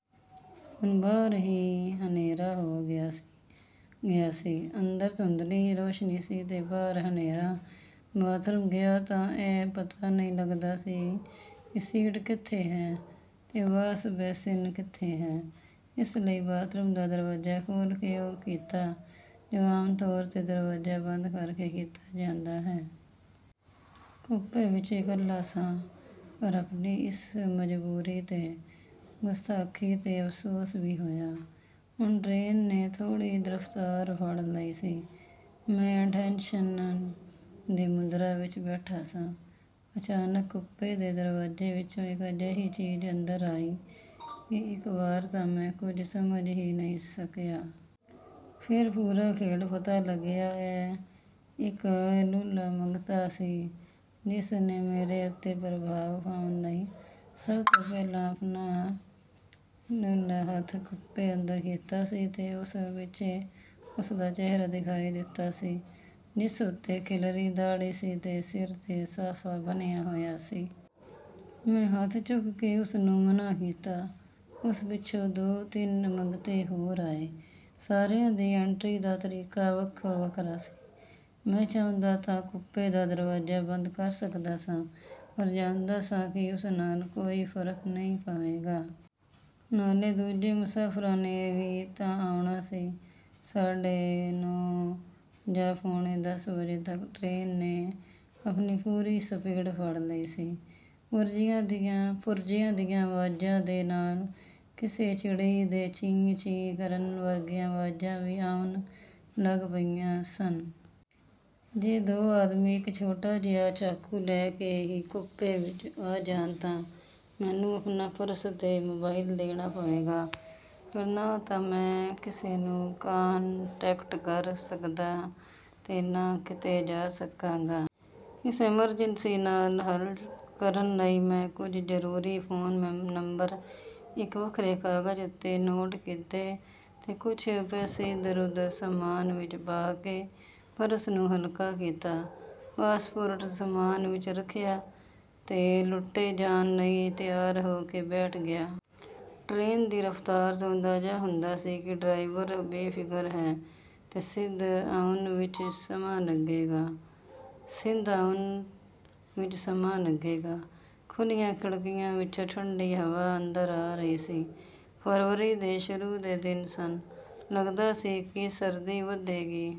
ਹੁਣ ਬਾਹਰ ਵੀ ਹਨੇਰਾ ਹੋ ਗਿਆ ਸੀ। ਅੰਦਰ ਧੁੰਦਲੀ ਰੋਸ਼ਨੀ ਸੀ ਤੇ ਬਾਹਰ ਹਨੇਰਾ। ਬਾਥਰੂਮ ਗਿਆ ਤਾਂ ਇਹ ਪਤਾ ਨਹੀਂ ਲੱਗਦਾ ਸੀ ਕਿ ਸੀਟ ਕਿੱਥੇ ਹੈ ਤੇ ਵਾਸ਼ ਬੇਸਿਨ ਕਿੱਥੇ ਹੈ। ਇਸ ਲਈ ਬਾਥਰੂਮ ਦਾ ਦਰਵਾਜ਼ਾ ਖੋਲ੍ਹ ਕੇ ਉਹ ਕੀਤਾ, ਜੋ ਆਮ ਤੌਰ 'ਤੇ ਦਰਵਾਜ਼ਾ ਬੰਦ ਕਰਕੇ ਕੀਤਾ ਜਾਂਦਾ ਹੈ। ਕੂਪੇ ਵਿਚ ਇਕੱਲਾ ਸਾਂ, ਪਰ ਆਪਣੀ ਇਸ ਮਜਬੂਰੀ ਤੇ ਗੁਸਤਾਖ਼ੀ 'ਤੇ ਅਫ਼ਸੋਸ ਵੀ ਹੋਇਆ। ਹੁਣ ਟਰੇਨ ਨੇ ਥੋੜ੍ਹੀ ਰਫ਼ਤਾਰ ਫੜ੍ਹ ਲਈ ਸੀ। ਮੈਂ ਅਟੈਨਸ਼ਨ ਦੀ ਮੁਦਰਾ ਵਿਚ ਬੈਠਾ ਸਾਂ। ਅਚਾਨਕ ਕੂਪੇ ਦੇ ਦਰਵਾਜ਼ੇ ਵਿਚੋਂ ਇਕ ਅਜਿਹੀ ਚੀਜ਼ ਅੰਦਰ ਆਈ ਕਿ ਇਕ ਵਾਰ ਤਾਂ ਮੈਂ ਕੁਝ ਸਮਝ ਹੀ ਨਹੀਂ ਸਕਿਆ। ਫੇਰ ਪੂਰਾ ਖੇਡ ਪਤਾ ਲੱਗਿਆ ਹੈ। ਇਕ ਲੂਲ੍ਹਾ ਮੰਗਤਾ ਸੀ, ਜਿਸਨੇ ਮੇਰੇ ਉੱਤੇ ਪ੍ਰਭਾਵ ਪਾਉਣ ਲਈ ਸਭ ਤੋਂ ਪਹਿਲਾਂ ਆਪਣਾ ਲੂਲ੍ਹਾ ਹੱਥ ਕੂਪੇ ਅੰਦਰ ਕੀਤਾ ਸੀ ਤੇ ਉਸ ਪਿੱਛੋਂ ਉਸਦਾ ਚਿਹਰਾ ਦਿਖਾਈ ਦਿੱਤਾ ਸੀ, ਜਿਸ ਉੱਤੇ ਖਿੱਲਰੀ ਦਾੜ੍ਹੀ ਸੀ ਤੇ ਸਿਰ 'ਤੇ ਸਾਫ਼ਾ ਬੰਨ੍ਹਿਆ ਹੋਇਆ ਸੀ। ਮੈਂ ਹੱਥ ਚੁੱਕ ਕੇ ਉਸਨੂੰ ਮਨ੍ਹਾਂ ਕੀਤਾ। ਉਸ ਪਿੱਛੋਂ ਦੋ-ਤਿੰਨ ਮੰਗਤੇ ਹੋਰ ਆਏ। ਸਾਰਿਆਂ ਦੀ ਐਂਟਰੀ ਦਾ ਤਰੀਕਾ ਵੱਖੋ-ਵੱਖਰਾ ਸੀ। ਮੈਂ ਚਾਹੁੰਦਾ ਤਾਂ ਕੂਪੇ ਦਾ ਦਰਵਾਜ਼ਾ ਬੰਦ ਕਰ ਸਕਦਾ ਸਾਂ, ਪਰ ਜਾਣਦਾ ਸਾਂ ਕਿ ਉਸ ਨਾਲ ਕੋਈ ਫ਼ਰਕ ਨਹੀਂ ਪਵੇਗਾ। ਨਾਲੇ, ਦੂਜੇ ਮੁਸਾਫ਼ਰਾਂ ਨੇ ਵੀ ਤਾਂ ਆਉਣਾ ਸੀ। ਸਾਢੇ ਨੌਂ ਜਾਂ ਪੌਣੇ ਦਸ ਵਜੇ ਤੱਕ ਟਰੇਨ ਨੇ ਆਪਣੀ ਪੂਰੀ ਸਪੀਡ ਫੜ੍ਹ ਲਈ ਸੀ। ਪੁਰਜ਼ਿਆਂ ਦੀਆਂ ਆਵਾਜ਼ਾਂ ਦੇ ਨਾਲ ਕਿਸੇ ਚਿੜੀ ਦੇ ਚੀਂ-ਚੀਂ ਕਰਨ ਵਰਗੀਆਂ ਆਵਾਜ਼ਾਂ ਵੀ ਆਉਣ ਲੱਗ ਪਈਆਂ ਸਨ। ਜੇ ਦੋ ਆਦਮੀ ਇਕ ਛੋਟਾ ਜਿਹਾ ਚਾਕੂ ਲੈ ਕੇ ਹੀ ਕੂਪੇ ਵਿਚ ਆ ਜਾਣ ਤਾਂ ਮੈਨੂੰ ਆਪਣਾ ਪਰਸ ਤੇ ਮੋਬਾਇਲ ਦੇਣਾ ਪਵੇਗਾ। ਫੇਰ ਨਾ ਤਾਂ ਮੈਂ ਕਿਸੇ ਨੂੰ 'ਕਾਨਟੈਕਟ' ਕਰ ਸਕਦਾ ਤੇ ਨਾ ਕਿਤੇ ਜਾ ਸਕਾਂਗਾ। ਇਸ ਐਮਰਜੈਂਸੀ ਨਾਲ ਹੱਲ ਕਰਨ ਲਈ ਮੈਂ ਕੁਝ ਜ਼ਰੂਰੀ ਫ਼ੋਨ ਨੰਬਰ ਇੱਕ ਵੱਖਰੇ ਕਾਗਜ਼ ਉੱਤੇ ਨੋਟ ਕੀਤੇ ਤੇ ਕੁਝ ਪੈਸੇ ਇਧਰ-ਉਧਰ ਸਾਮਾਨ ਵਿਚ ਪਾ ਕੇ ਪਰਸ ਨੂੰ ਹਲਕਾ ਕੀਤਾ। ਪਾਸਪੋਰਟ ਸਾਮਾਨ ਵਿਚ ਰੱਖਿਆ ਤੇ ਲੁੱਟੇ ਜਾਣ ਲਈ ਤਿਆਰ ਹੋ ਕੇ ਬੈਠ ਗਿਆ। ਟਰੇਨ ਦੀ ਰਫ਼ਤਾਰ ਤੋਂ ਅੰਦਾਜ਼ਾ ਹੁੰਦਾ ਸੀ ਕਿ ਡਰਾਈਵਰ ਬੇਫ਼ਿਕਰ ਹੈ ਤੇ ਸਿੰਧ ਆਉਣ ਵਿਚ ਸਮਾਂ ਲੱਗੇਗਾ। ਖੁੱਲ੍ਹੀਆਂ ਖਿੜਕੀਆਂ ਵਿਚੋਂ ਠੰਡੀ ਹਵਾ ਅੰਦਰ ਆ ਰਹੀ ਸੀ। ਫ਼ਰਵਰੀ ਦੇ ਸ਼ੁਰੂ ਦੇ ਦਿਨ ਸਨ। ਲੱਗਦਾ ਸੀ ਕਿ ਸਰਦੀ ਵਧੇਗੀ।